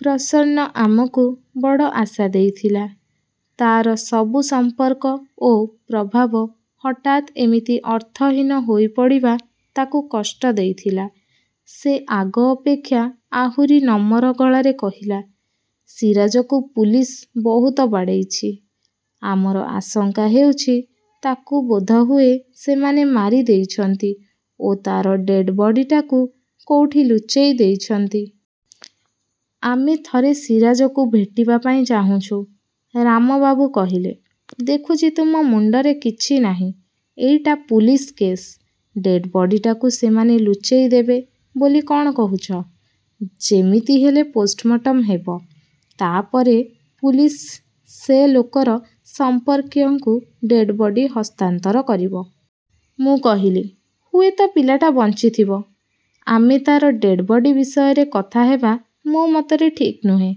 ପ୍ରସନ୍ନ ଆମକୁ ବଡ଼ ଆଶା ଦେଇଥିଲା। ତାର ସବୁ ସମ୍ପର୍କ ଓ ପ୍ରଭାବ ହଠାତ୍ ଏମିତି ଅର୍ଥହୀନ ହୋଇପଡ଼ିବା ତାକୁ କଷ୍ଟ ଦେଇଥିଲା। ସେ ଆଗ ଅପେକ୍ଷା ଆହୁରି ନମର ଗଳାରେ କହିଲା, "ସିରାଜକୁ ପୁଲିସ ବହୁତ ବାଡ଼େଇଛି। ଆମର ଆଶଙ୍କା ହେଉଛି ତାକୁ ବୋଧହୁଏ ସେମାନେ ମାରି ଦେଇଛନ୍ତି ଓ ତାର ଡେଡ୍ ବଡିଟାକୁ କୋଉଠି ଲୁଚେଇ ଦେଇଛନ୍ତି। ଆମେ ଥରେ ସିରାଜକୁ ଭେଟିବା ପାଇଁ ଚାହୁଁଛୁ। " ରାମବାବୁ କହିଲେ, "ଦେଖୁଛି ତୁମ ମୁଣ୍ଡରେ କିଛି ନାହିଁ। ଏଇଟା ପୁଲିସ କେସ୍। ଡେଡ୍ ବଡିଟାକୁ ସେମାନେ ଲୁଚେଇଦେବେ ବୋଲି କଣ କହୁଛ? ଯେମିତି ହେଲେ ପୋଷ୍ଟମର୍ଟମ୍ ହେବ। ତାପରେ ପୁଲିସ ସେ ଲୋକର ସମ୍ପର୍କୀୟଙ୍କୁ ଡେଡ୍ ବଡି ହସ୍ତାନ୍ତର କରିବ। " ମୁଁ କହିଲି, "ହୁଏତ ପିଲାଟା ବଞ୍ଚିଥିବ। ଆମେ ତାର ଡେଡ୍ ବଡି ବିଷୟରେ କଥା ହେବା ମୋ ମତରେ ଠିକ୍ ନୁହେଁ।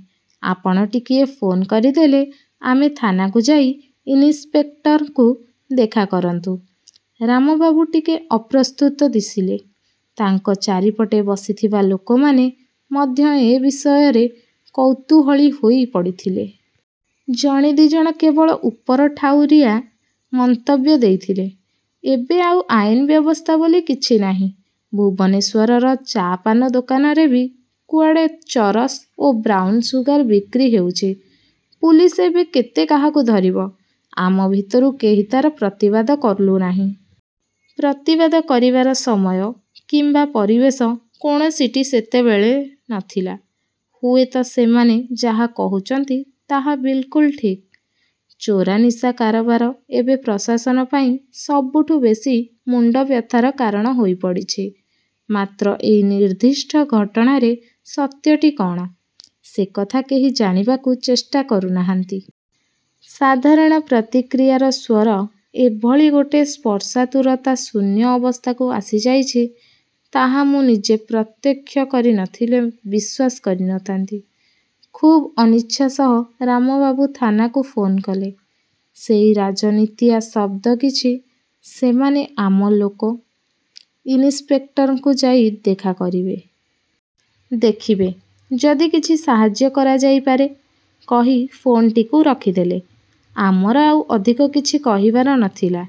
ଆପଣ ଟିକିଏ ଫୋନ୍ କରିଦେଲେ ଆମେ ଥାନାକୁ ଯାଇ ଇନିସ୍ପେକ୍ଟରକୁ ଦେଖା କରନ୍ତୁ। " ରାମବାବୁ ଟିକେ ଅପ୍ରସ୍ତୁତ ଦିଶିଲେ। ତାଙ୍କ ଚାରିପଟେ ବସିଥିବା ଲୋକମାନେ ମଧ୍ୟ ଏ ବିଷୟରେ କୌତୂହଳୀ ହୋଇ ପଡ଼ିଥିଲେ। ଜଣେ ଦି'ଜଣ କେବଳ ଉପରଠାଉରିଆ ମନ୍ତବ୍ୟ ଦେଇଥିଲେ-ଏବେ ଆଉ ଆଇନ ବ୍ୟବସ୍ଥା ବୋଲି କିଛି ନାହିଁ। ଭୁବନେଶ୍ୱରର ଚା ପାନ ଦୋକାନରେ ବି କୁଆଡ଼େ ଚରସ ଓ ବ୍ରାଉନ୍ ସୁଗାର୍ ବିକ୍ରି ହେଉଛି। ପୁଲିସ ଏବେ କେତେ କାହାକୁ ଧରିବ! ଆମ ଭିତରୁ କେହି ତାର ପ୍ରତିବାଦ କଲୁନାହିଁ। ପ୍ରତିବାଦ କରିବାର ସମୟ କିମ୍ବା ପରିବେଶ କୌଣସିଟି ସେତେବେଳେ ନଥିଲା। ହୁଏତ ସେମାନେ ଯାହା କହୁଛନ୍ତି ତାହା ବିଲ୍କୁଲ୍। ଠିକ୍। ଚୋରା ନିଶା କାରବାର ଏବେ ପ୍ରଶାସନ ପାଇଁ ସବୁଠୁ ବେଶି ମୁଣ୍ଡବ୍ୟଥାର କାରଣ ହୋଇପଡ଼ିଛି। ମାତ୍ର ଏଇ ନିର୍ଦ୍ଦିଷ୍ଟ ଘଟଣାରେ ସତ୍ୟଟି କଣ, ସେକଥା କେହି ଜାଣିବାକୁ ଚେଷ୍ଟା କରୁନାହାନ୍ତି। ସାଧାରଣ ପ୍ରତିକ୍ରିୟାର ସ୍ୱର ଏଭଳି ଗୋଟେ ସ୍ପର୍ଶାତୁରତା ଶୂନ୍ୟ ଅବସ୍ଥାକୁ ଆସିଯାଇଛି। ତାହା ମୁଁ ନିଜେ ପ୍ରତ୍ୟକ୍ଷ କରି ନଥିଲେ ବିଶ୍ୱାସ କରି ନଥାନ୍ତି। ଖୁବ୍ ଅନିଚ୍ଛା ସହ ରାମବାବୁ ଥାନାକୁ ଫୋନ୍ କଲେ। ସେଇ ରାଜନୀତିଆ ଶବ୍ଦ କିଛି, "ସେମାନେ ଆମ ଲୋକ। ଇନିସ୍ପେକ୍ଟରଙ୍କୁ ଯାଇ ଦେଖା କରିବେ। ଦେଖିବେ, ଯଦି କିଛି ସାହାଯ୍ୟ କରାଯାଇ ପାରେ। " କହି ଫୋନ୍ଟିକୁ ରଖିଦେଲେ। ଆମର ଆଉ ଅଧିକ କିଛି କହିବାର ନଥିଲା।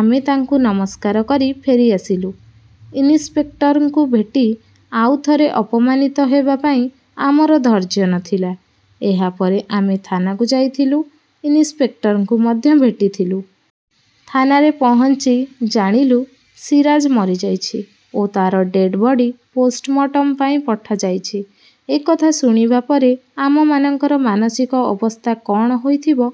ଆମେ ତାଙ୍କୁ ନମସ୍କାର କରି ଫେରିଆସିଲୁ। ଇନିସ୍ପେକ୍ଟରଙ୍କୁ ଭେଟି ଆଉ ଥରେ ଅପମାନିତ ହେବା ପାଇଁ ଆମର ଧୈର୍ଯ୍ୟ ନଥିଲା। ଏହାପରେ ଆମେ ଥାନାକୁ ଯାଇଥିଲୁ, ଇନିସ୍ପେକ୍ଟରଙ୍କୁ ମଧ୍ୟ ଭେଟିଥିଲୁ। ଥାନାରେ ପହଞ୍ଚି ଜାଣିଲୁ, ସିରାଜ ମରିଯାଇଛି ଓ ତାର ଡେଡ୍ ବଡି ପୋଷ୍ଟମର୍ଟମ ପାଇଁ ପଠାଯାଇଛି। ଏକଥା ଶୁଣିବା ପରେ ଆମମାନଙ୍କର ମାନସିକ ଅବସ୍ଥା କଣ ହୋଇଥିବ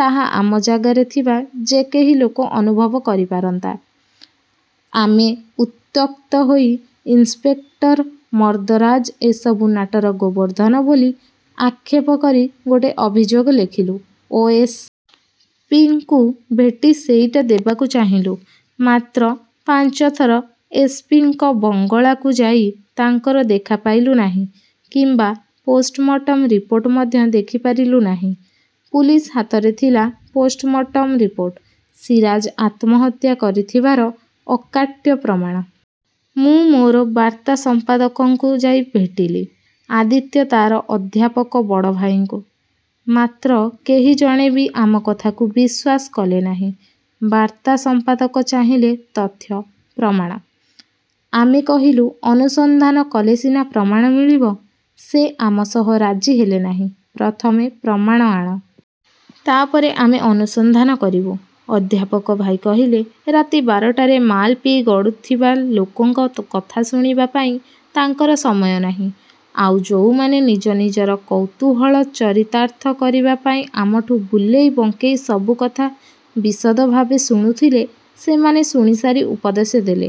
ତାହା ଆମ ଜାଗାରେ ଥିବା ଯେକେହି ଲୋକ ଅନୁଭବ କରିପାରନ୍ତା। ଆମେ ଉତ୍ତ୍ୟକ୍ତ ହୋଇ ଇନିସ୍ପେକ୍ଟର ମର୍ଦ୍ଦରାଜ ଏସବୁ ନାଟର ଗୋବର୍ଦ୍ଧନ ବୋଲି ଆକ୍ଷେପ କରି ଗୋଟେ ଅଭିଯୋଗ ଲେଖିଲୁ ଓ ଏସ୍. ପି. ଙ୍କୁ ଭେଟି ସେଇଟା ଦେବାକୁ ଚାହିଁଲୁ। ମାତ୍ର ପାଞ୍ଚଥର ଏସ୍. ପି. ଙ୍କ ବଙ୍ଗଳାକୁ ଯାଇ ତାଙ୍କର ଦେଖା ପାଇଲୁ ନାହିଁ କିମ୍ବା ପୋଷ୍ଟମର୍ଟମ ରିପୋର୍ଟ ମଧ୍ୟ ଦେଖିପାରିଲୁ ନାହିଁ। ପୁଲିସ ହାତରେ ଥିଲା ପୋଷ୍ଟମର୍ଟମ ରିପୋର୍ଟ, ସିରାଜ ଆତ୍ମହତ୍ୟା କରିଥିବାର ଅକାଟ୍ୟ ପ୍ରମାଣ। ମୁଁ ମୋର ବାର୍ତ୍ତା ସଂପାଦକଙ୍କୁ ଯାଇ ଭେଟିଲି, ଆଦିତ୍ୟ ତାର ଅଧ୍ୟାପକ ବଡ଼ଭାଇଙ୍କୁ। ମାତ୍ର କେହି ଜଣେ ବି ଆମ କଥାକୁ ବିଶ୍ୱାସ କଲେ ନାହିଁ। ବାର୍ତ୍ତା ସଂପାଦକ ଚାହିଁଲେ ତଥ୍ୟ, ପ୍ରମାଣ। ଆମେ କହିଲୁ, ଅନୁସନ୍ଧାନ କଲେ ସିନା ପ୍ରମାଣ ମିଳିବ। ସେ ଆମ ସହ ରାଜି ହେଲେ ନାହିଁ-ପ୍ରଥମେ ପ୍ରମାଣ ଆଣ। ତାପରେ ଆମେ ଅନୁସନ୍ଧାନ କରିବୁ। ଅଧ୍ୟାପକ ଭାଇ କହିଲେ, ରାତି ବାରଟାରେ ମାଲ୍ ପିଇ ଗଡ଼ୁଥିବା ଲୋକଙ୍କ କଥା ଶୁଣିବା ପାଇଁ ତାଙ୍କର ସମୟ ନାହିଁ। ଆଉ ଯୋଉମାନେ ନିଜ ନିଜର କୌତୂହଳ ଚରିତାର୍ଥ କରିବା ପାଇଁ ଆମଠୁଁ ବୁଲେଇ ବଙ୍କେଇ ସବୁକଥା ବିଶଦ ଭାବେ ଶୁଣୁଥିଲେ, ସେମାନେ ଶୁଣିସାରି ଉପଦେଶ ଦେଲେ,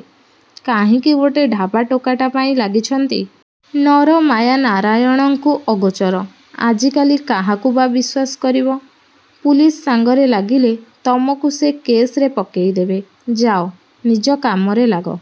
"କାହିଁକି ଗୋଟେ ଢାବା ଟୋକାଟା ପାଇଁ ଲାଗିଛନ୍ତି? ନର ମାୟା ନାରାୟଣଙ୍କୁ ଆଗୋଚର। ଆଜିକାଲି କାହାକୁ ବା ବିଶ୍ୱାସ କରିବ? ପୁଲିସ ସାଙ୍ଗରେ ଲାଗିଲେ ତମକୁ ସେ କେସରେ ପକେଇଦେବେ। ଯାଅ, ନିଜ କାମରେ ଲାଗ।